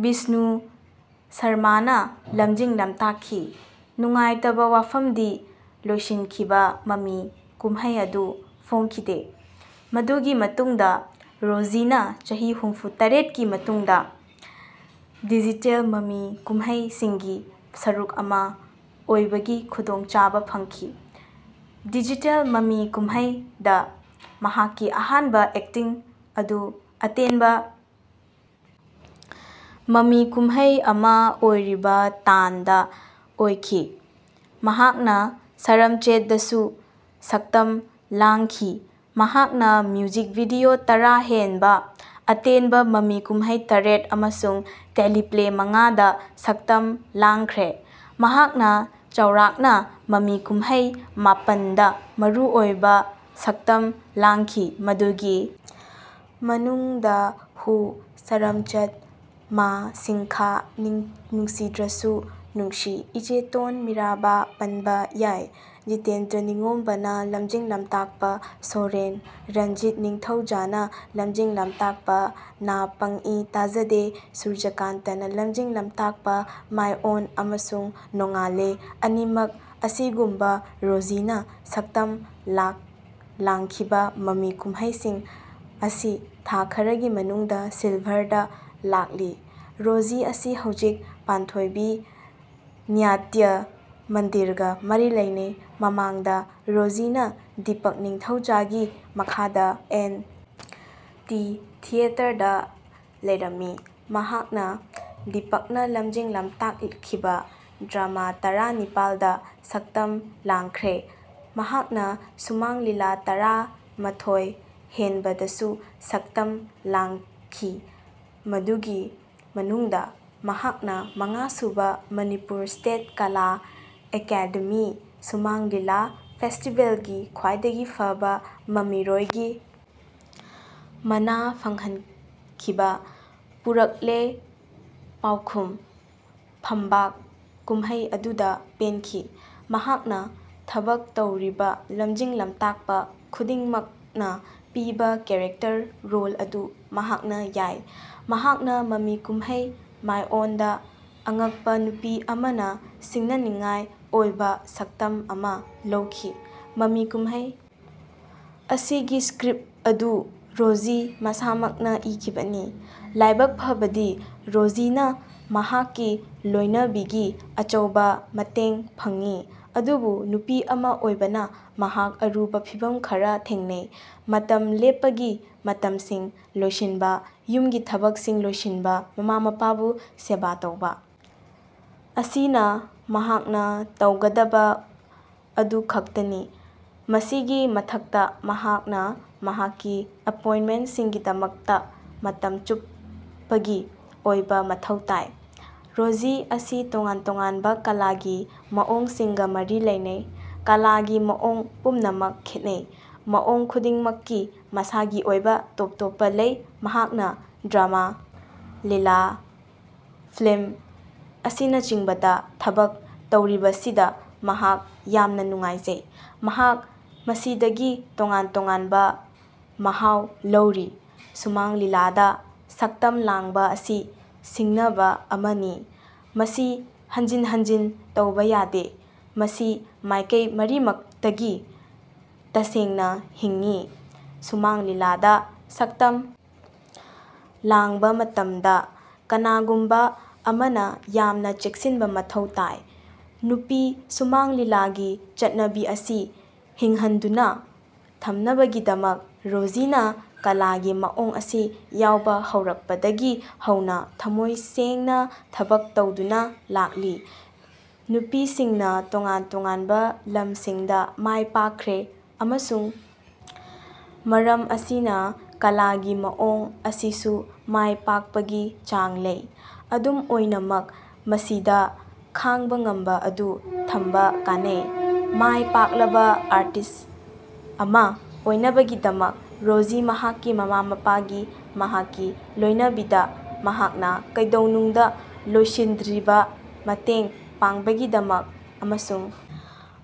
ꯕꯤꯁꯅꯨ ꯁꯔꯃꯥꯅ ꯂꯝꯖꯤꯡ-ꯂꯝꯇꯥꯛꯈꯤ꯫ ꯅꯨꯡꯉꯥꯏꯇꯕ ꯋꯥꯐꯝꯗꯤ ꯂꯣꯏꯁꯤꯟꯈꯤꯕ ꯃꯃꯤ ꯀꯨꯝꯍꯩ ꯑꯗꯨ ꯐꯣꯡꯈꯤꯗꯦ꯫ ꯃꯗꯨꯒꯤ ꯃꯇꯨꯡꯗ ꯔꯣꯖꯤꯅ ꯆꯍꯤ ꯍꯨꯝꯐꯨ ꯇꯔꯦꯠꯀꯤ ꯃꯇꯨꯡꯗ ꯗꯤꯖꯤꯇꯦꯜ ꯃꯃꯤ ꯀꯨꯝꯍꯩꯏꯁꯤꯡꯒꯤ ꯁꯔꯨꯛ ꯑꯃ ꯑꯣꯏꯕꯒꯤ ꯈꯨꯗꯣꯡꯆꯥꯕ ꯐꯪꯈꯤ꯫ ꯗꯤꯖꯤꯇꯦꯜ ꯃꯃꯤ ꯀꯨꯝꯍꯩꯗ ꯃꯍꯥꯛꯀꯤ ꯑꯍꯥꯟꯕ ꯑꯦꯛꯇꯤꯡ ꯑꯗꯨ ꯑꯇꯦꯟꯕ ꯃꯃꯤ ꯀꯨꯝꯍꯩ ꯑꯃ ꯑꯣꯏꯔꯤꯕ 'ꯇꯥꯟ'ꯗ ꯑꯣꯏꯈꯤ꯫ ꯃꯍꯥꯛꯅ "ꯁꯔꯝꯆꯦꯠ"ꯗꯁꯨ ꯁꯛꯇꯝ ꯂꯥꯡꯈꯤ꯫ ꯃꯍꯥꯛꯅ ꯃ꯭ꯌꯨꯖꯤꯛ ꯚꯤꯗꯤꯑꯣ ꯇꯔꯥ ꯍꯦꯟꯕ, ꯑꯇꯦꯟꯕ ꯃꯃꯤ ꯀꯨꯝꯍꯩ ꯇꯔꯦꯠ ꯑꯃꯁꯨꯡ ꯇꯦꯂꯤꯄ꯭ꯂꯦ ꯃꯉꯥꯗ ꯁꯛꯇꯝ ꯂꯥꯡꯈ꯭ꯔꯦ꯫ ꯃꯍꯥꯛꯅ ꯆꯥꯎꯔꯥꯛꯅ ꯃꯃꯤ ꯀꯨꯝꯍꯩ ꯃꯥꯄꯟꯗ ꯃꯔꯨꯑꯣꯏꯕ ꯁꯛꯇꯝ ꯂꯥꯡꯈꯤ꯫ ꯃꯗꯨꯒꯤ ꯃꯅꯨꯡꯗ ꯍꯨ, ꯁꯔꯝꯆꯠ, ꯃꯥꯁꯤꯡꯈꯥ, ꯅꯨꯡꯁꯤꯗ꯭ꯔꯁꯨ ꯅꯨꯡꯁꯤ, ꯏꯆꯦꯇꯣꯟ, ꯃꯤꯔꯥꯕꯥ ꯄꯟꯕ ꯌꯥꯏ꯫ ꯖꯤꯇꯦꯟꯗ꯭ꯔ ꯅꯤꯡꯒꯣꯝꯕꯥꯅ ꯂꯝꯖꯤꯡ-ꯂꯝꯇꯥꯛꯄ 'ꯁꯣꯔꯦꯟ', ꯔꯟꯖꯤꯠ ꯅꯤꯡꯊꯧꯖꯥꯅ ꯂꯝꯖꯤꯡ-ꯂꯝꯇꯥꯛꯄ 'ꯅꯥ ꯄꯪ-ꯏ ꯇꯥꯖꯥꯗꯦ', ꯁꯨꯔꯖꯥꯀꯥꯟꯇꯅ ꯂꯝꯖꯤꯡ-ꯂꯝꯇꯥꯛꯄ 'ꯃꯥꯏ-ꯑꯣꯟ' ꯑꯃꯁꯨꯡ 'ꯅꯣꯡꯉꯥꯜꯂꯦ' ꯑꯅꯤꯃꯛ ꯑꯁꯤꯒꯨꯝꯕ ꯔꯣꯖꯤꯅ ꯁꯛꯇꯝ ꯂꯥꯡꯈꯤꯕ ꯃꯃꯤ ꯀꯨꯝꯍꯩꯁꯤꯡ ꯑꯁꯤ ꯊꯥ ꯈꯔꯒꯤ ꯃꯅꯨꯡꯗ ꯁꯤꯜꯚꯔꯗ ꯂꯥꯛꯂꯤ꯫ ꯔꯣꯖꯤ ꯑꯁꯤ ꯍꯧꯖꯤꯛ ꯄꯥꯟꯊꯣꯏꯕꯤ ꯅꯥꯇ꯭ꯌ ꯃꯟꯗꯤꯔꯒ ꯃꯔꯤ ꯂꯩꯅꯩ꯫ ꯃꯃꯥꯡꯗ ꯔꯣꯖꯤꯅ ꯗꯤꯄꯛ ꯅꯤꯡꯊꯧꯖꯥꯒꯤ ꯃꯈꯥꯗ ꯑꯦꯟ. ꯇꯤ. ꯊꯤꯌꯦꯇꯔꯗ ꯂꯩꯔꯝꯃꯤ꯫ ꯃꯍꯥꯛꯅ ꯗꯤꯄꯛꯅ ꯂꯝꯖꯤꯡ-ꯂꯝꯇꯥꯛꯈꯤꯕ ꯗ꯭ꯔꯃꯥ ꯇꯔꯥ ꯅꯤꯄꯥꯜꯗ ꯁꯛꯇꯝ ꯂꯥꯡꯈ꯭ꯔꯦ꯫ ꯃꯍꯥꯛꯅ ꯁꯨꯃꯥꯡ ꯂꯤꯂꯥ ꯇꯔꯥ ꯃꯊꯣꯏ ꯍꯦꯟꯕꯗꯁꯨ ꯁꯛꯇꯝ ꯂꯥꯡꯈꯤ ꯃꯗꯨꯒꯤ ꯃꯅꯨꯡꯗ ꯃꯍꯥꯛꯅ ꯃꯉꯥꯁꯨꯕ ꯃꯅꯤꯄꯨꯔ ꯁ꯭ꯇꯦꯠ ꯀꯥꯂꯥ ꯑꯦꯀꯥꯗꯦꯃꯤ ꯁꯨꯃꯥꯡ ꯂꯤꯂꯥ ꯐꯦꯁꯇꯤꯕꯦꯜꯒꯤ ꯈ꯭ꯋꯥꯏꯗꯒꯤ ꯐꯕ ꯃꯃꯤꯔꯣꯏꯒꯤ ꯃꯅꯥ ꯐꯪꯍꯟꯈꯤꯕ 'ꯄꯨꯔꯥꯛꯂꯦ ꯄꯥꯎꯈꯨꯝ' ꯐꯝꯕꯥꯛ ꯀꯨꯝꯍꯩ ꯑꯗꯨꯗ ꯄꯦꯟꯈꯤ꯫ ꯃꯍꯥꯛꯅ ꯊꯕꯛ ꯇꯧꯔꯤꯕ ꯂꯝꯖꯤꯡ-ꯂꯝꯇꯥꯛꯄ ꯈꯨꯗꯤꯡꯃꯛꯅ ꯄꯤꯕ ꯀꯦꯔꯦꯛꯇꯔ ꯔꯣꯜ ꯑꯗꯨ ꯃꯍꯥꯛꯅ ꯌꯥꯏ꯫ ꯃꯍꯥꯛꯅ ꯃꯃꯤ ꯀꯨꯝꯍꯩ 'ꯃꯥꯏ-ꯑꯣꯟ'ꯗ ꯑꯉꯛꯄ ꯅꯨꯄꯤ ꯑꯃꯒꯤ ꯁꯤꯡꯅꯅꯤꯡꯉꯥꯏ ꯑꯣꯏꯕ ꯁꯛꯇꯝ ꯑꯃꯥ ꯂꯧꯈꯤ꯫ ꯃꯃꯤ ꯀꯨꯝꯍꯩ ꯑꯁꯤꯒꯤ ꯁ꯭ꯀ꯭ꯔꯤꯞ ꯑꯗꯨ ꯔꯣꯖꯤ ꯃꯁꯥꯃꯛꯅ ꯏꯈꯤꯕꯅꯤ꯫ ꯂꯥꯏꯕꯛ ꯐꯕꯗꯤ, ꯔꯣꯖꯤꯅ ꯃꯍꯥꯛꯀꯤ ꯂꯣꯏꯅꯕꯤꯒꯤ ꯑꯆꯧꯕ ꯃꯇꯦꯡ ꯐꯪꯉꯤ꯫ ꯑꯗꯨꯕꯨ ꯅꯨꯄꯤ ꯑꯃ ꯑꯣꯏꯕꯅ ꯃꯍꯥꯛ ꯑꯔꯨꯕ ꯐꯤꯚꯝ ꯈꯔ ꯊꯦꯡꯅꯩ꯫ ꯃꯇꯝ ꯂꯦꯞꯄꯒꯤ ꯃꯇꯝꯁꯤꯡ ꯂꯣꯏꯁꯤꯟꯕ, ꯌꯨꯝꯒꯤ ꯊꯕꯛꯁꯤꯡ ꯂꯣꯏꯁꯤꯟꯕ, ꯃꯃꯥ-ꯃꯄꯥꯕꯨ ꯁꯦꯕꯥ ꯇꯧꯕ ꯑꯁꯤꯅ ꯃꯍꯥꯛꯅ ꯇꯧꯒꯗꯕ ꯑꯗꯨꯈꯛꯇꯅꯤ꯫ ꯃꯁꯤꯒꯤ ꯃꯊꯛꯇ, ꯃꯍꯥꯛꯅ ꯃꯍꯥꯛꯀꯤ ꯑꯦꯄꯣꯏꯟꯃꯦꯟ꯭ꯇꯁꯤꯡꯒꯤꯗꯃꯛꯇ ꯃꯇꯝ ꯆꯨꯞꯄꯒꯤ ꯑꯣꯏꯕ ꯃꯊꯧ ꯇꯥꯏ꯫ ꯔꯣꯖꯤ ꯑꯁꯤ ꯇꯣꯉꯥꯟ-ꯇꯣꯉꯥꯟꯕ ꯀꯂꯥꯒꯤ ꯃꯑꯣꯡꯁꯤꯡꯒ ꯃꯔꯤ ꯂꯩꯅꯩ꯫ ꯀꯂꯥꯒꯤ ꯃꯑꯣꯡ ꯄꯨꯝꯅꯃꯛ ꯈꯦꯠꯅꯩ꯫ ꯃꯑꯣꯡ ꯈꯨꯗꯤꯡꯃꯛꯀꯤ ꯃꯁꯥꯒꯤ ꯑꯣꯏꯕ ꯇꯣꯞ-ꯇꯣꯞꯄ ꯂꯩ꯫ ꯃꯍꯥꯛꯅ ꯗ꯭ꯔꯃꯥ, ꯂꯤꯂꯥ, ꯐꯤꯜꯝ ꯑꯁꯤꯅꯆꯤꯡꯕꯗ ꯊꯕꯛ ꯇꯧꯔꯤꯕꯁꯤꯗ ꯃꯍꯥꯛ ꯌꯥꯝꯅ ꯅꯨꯡꯉꯥꯏꯖꯩ꯫ ꯃꯍꯥꯛ ꯃꯁꯤꯗꯒꯤ ꯇꯣꯉꯥꯟ-ꯇꯣꯉꯥꯟꯕ ꯃꯍꯥꯎ ꯂꯧꯔꯤ꯫ ꯁꯨꯃꯥꯡ ꯂꯤꯂꯥꯗ ꯁꯛꯇꯝ ꯂꯥꯡꯕ ꯑꯁꯤ ꯁꯤꯡꯅꯕ ꯑꯃꯅꯤ, ꯃꯁꯤ ꯍꯟꯖꯤꯟ ꯍꯟꯖꯤꯟ ꯇꯧꯕ ꯌꯥꯗꯦ꯫ ꯃꯁꯤ ꯃꯥꯏꯀꯩ ꯃꯔꯤꯃꯛꯇꯒꯤ ꯇꯁꯦꯡꯅ ꯍꯤꯡꯉꯤ꯫ ꯁꯨꯃꯥꯡ ꯂꯤꯂꯥꯗ ꯁꯛꯇꯝ ꯂꯥꯡꯕ ꯃꯇꯝꯗ ꯀꯅꯥꯒꯨꯝꯕ ꯑꯃꯅ ꯌꯥꯝꯅ ꯆꯦꯛꯁꯤꯟꯕ ꯃꯊꯧ ꯇꯥꯏ꯫ ꯅꯨꯄꯤ ꯁꯨꯃꯥꯡ ꯂꯤꯂꯥꯒꯤ ꯆꯠꯅꯕꯤ ꯑꯁꯤ ꯍꯤꯡꯍꯟꯗꯨꯅ ꯊꯝꯅꯕꯒꯤꯗꯃꯛ, ꯔꯣꯖꯤꯅ ꯀꯂꯥꯒꯤ ꯃꯑꯣꯡ ꯑꯁꯤꯗ ꯌꯥꯎꯕ ꯍꯧꯔꯛꯄꯗꯒꯤ ꯍꯧꯅ ꯊꯃꯣꯏ ꯁꯦꯡꯅ ꯊꯕꯛ ꯇꯧꯗꯨꯅ ꯂꯥꯛꯂꯤ꯫ ꯅꯨꯄꯤꯁꯤꯡꯅ ꯇꯣꯉꯥꯟ-ꯇꯣꯉꯥꯟꯕ ꯂꯝꯁꯤꯡꯗ ꯃꯥꯏ ꯄꯥꯛꯈ꯭ꯔꯦ ꯑꯃꯁꯨꯡ ꯃꯔꯝ ꯑꯁꯤꯅ ꯀꯂꯥꯒꯤ ꯃꯑꯣꯡ ꯑꯁꯤꯁꯨ ꯃꯥꯏ ꯄꯥꯛꯄꯒꯤ ꯆꯥꯡ ꯂꯩ꯫ ꯑꯗꯨꯝ ꯑꯣꯏꯅꯃꯛ, ꯃꯁꯤꯗ ꯈꯥꯡꯕ ꯉꯝꯕ ꯑꯗꯨ ꯊꯝꯕ ꯀꯥꯟꯅꯩ꯫ ꯃꯥꯏ ꯄꯥꯛꯂꯕ ꯑꯥꯔꯇꯤꯁ ꯑꯃꯥ ꯑꯣꯏꯕꯒꯤꯗꯃꯛ ꯔꯣꯖꯤꯅ ꯃꯍꯥꯛꯀꯤ ꯃꯃꯥ-ꯃꯄꯥꯒꯤ, ꯃꯍꯥꯛꯀꯤ ꯂꯣꯏꯅꯕꯤꯗ ꯃꯍꯥꯛꯅ ꯀꯩꯗꯧꯅꯨꯡꯗ ꯂꯣꯏꯁꯤꯟꯗ꯭ꯔꯤꯕ ꯃꯇꯦꯡ ꯄꯥꯡꯕꯒꯤꯗꯃꯛ ꯑꯃꯁꯨꯡ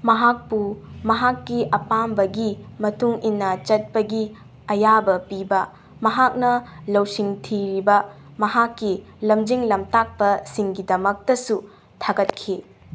ꯃꯍꯥꯛꯄꯨ ꯃꯍꯥꯛꯀꯤ ꯑꯄꯥꯝꯕꯒꯤ ꯃꯇꯨꯡ ꯏꯟꯅ ꯆꯠꯄꯒꯤ ꯑꯌꯥꯕ ꯄꯤꯕ, ꯃꯍꯥꯛꯅ ꯂꯧꯁꯤꯡ ꯊꯤꯔꯤꯕ ꯃꯍꯥꯛꯀꯤ ꯂꯝꯖꯤꯡ-ꯂꯝꯇꯥꯛꯄꯁꯤꯡꯒꯤꯗꯃꯛꯇꯁꯨ ꯊꯥꯒꯠꯈꯤ꯫